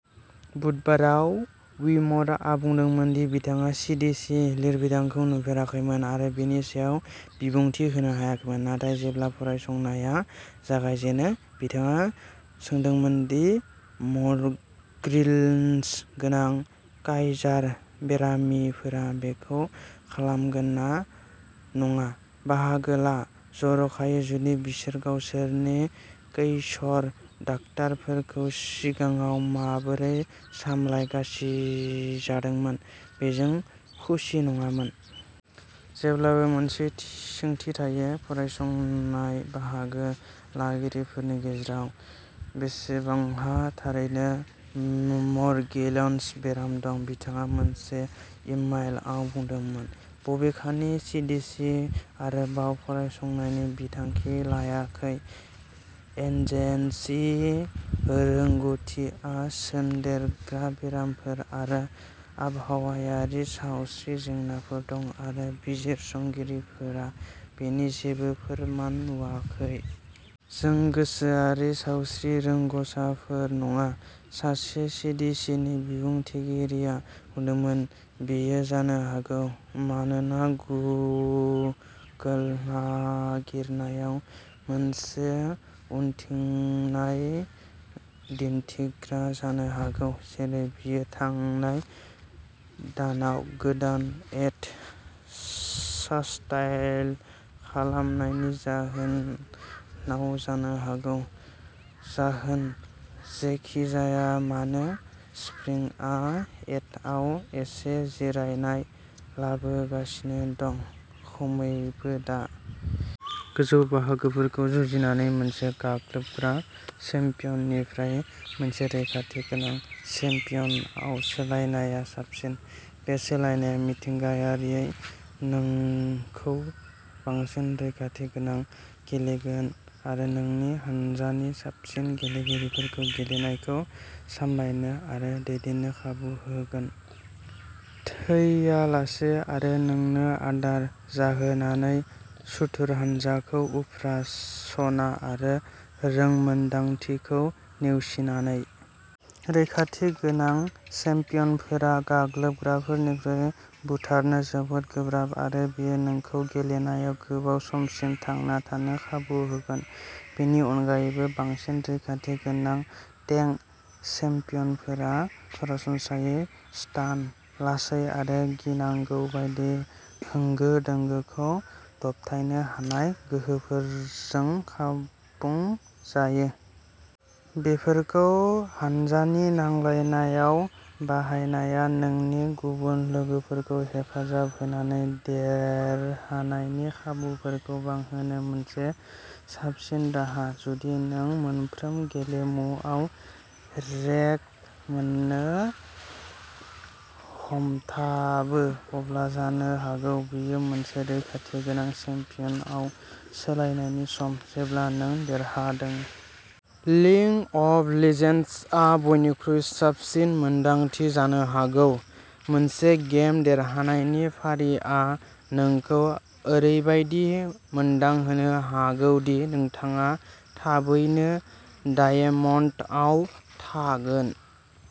बुधबाराव, विम'रआ बुंदोंमोन दि बिथाङा सीडीसी लिरबिदांखौ नुफेराखैमोन आरो बेनि सायाव बिबुंथि होनो हायाखैमोन। नाथाय जेब्ला फरायसंनाया जागायजेनो, बिथाङा सोंदोंमोन दि म'र्गेलन्स गोनां काइजार बेरामिफोरा बेखौ खालामगोन ना नङा। बाहागो ला, जर'खायै जुदि बिसोर गावसोरनि कैसर डाक्टारफोरखौ सिगाङाव माबोरै सामलायगासिजादोंमोन बेजों खुसि नङामोन। "जेब्लाबो मोनसे सोंथि थायोः फरायसंनाय बाहागो लागिरिफोरनि गेजेराव बेसेबांहा थारैनो मर्गेलन्स बेराम दं? " बिथाङा मोनसे इमेलआव बुंदोंमोन। बबेखानि, सीडीसी आरोबाव फरायसंनायनि बिथांखि लायाखै। एजेन्सिनि रोंग'थिआ सनदेरग्रा बेरामफोर आरो आबहावायारि सावस्रि जेंनाफोराव दं, आरो बिजिरसंगिरिफोरा बेनि जेबो फोरमान नुवाखै। "जों गोसोआरि सावस्रि रोंग'साफोर नङा", सासे सीडीसीनि बुंथिगिरिया बुंदोंमोन। बेयो जानो हागौ मानोना गुगोल नागिरनायाव मोनसे उनथिंनाय दिन्थिग्रा जानो हागौ, जेरै बेयो थांनाय दानाव गोदान एथ साप्थायेल खमायनायनि जाहोनाव जानो हागौ। जाहोन जेखि जाया मानो, स्प्रिंआ एथआव एसे जिरायनाय लाबोगासिनो दं, खमैबो दा। गोजौ बाहागोफोरखौ जुजिनानै, मोनसे गाग्लोबग्रा चेम्पियननिफ्राय मोनसे रैखाथि गोनां चेम्पियनआव सोलायनाया साबसिन। बे सोलायनाय मिथिंगायारियै नोंखौ बांसिन रैखाथि गोनां गेलेगोन आरो नोंनि हानजानि साबसिन गेलेगिरिफोरखौ गेलेनायखौ सामलायनो आरो दैदेननो खाबु होगोन। थैयालासे आरो नोंनो आदार जाहोनानै सुथुर हान्जाखौ उफ्रा सना आरो रोंमोन्दांथिखौ नेवसिनानै। रैखाथि गोनां चेम्पियनफोरा गाग्लोबग्राफोरनिख्रुइ बुथारनो जोबोद गोब्राब, आरो बेयो नोंखौ गेलेनायाव गोबाव समसिम थांना थानो खाबु होगोन। बेनि अनगायैबो, बांसिन रैखाथि गोनां टेंक चेम्पियनफोरा सरासनस्रायै स्टान, लासै आरो गिनांगौ बायदि होंगो दोंगोखौ दबथायनो हानाय गोहोफोरजों आबुं जायो। बेफोरखौ हानजानि नांलायनायाव बाहायनाया नोंनि गुबुन लोगोफोरखौ हेफाजाब होनानै देरहानायनि खाबुफोरखौ बांहोनो मोनसे साबसिन राहा। जुदि नों मोनफ्रोम गेलेमुआव रेक मोननो हमथाबो, अब्ला जानो हागौ बेयो मोनसे रैखाथि गोनां चेम्पियनआव सोलायनायनि सम। जेब्ला नों देरहादों। लिग अफ लेजेन्ड्सआ बयनिख्रुइ साबसिन मोन्दांथि जानो हागौ। मोनसे गेम देरहानायनि फारिआ नोंखौ ओरैबायदि मोनदांहोनो हागौ दि नोंथाङा थाबैनो डायमन्डआव थागोन।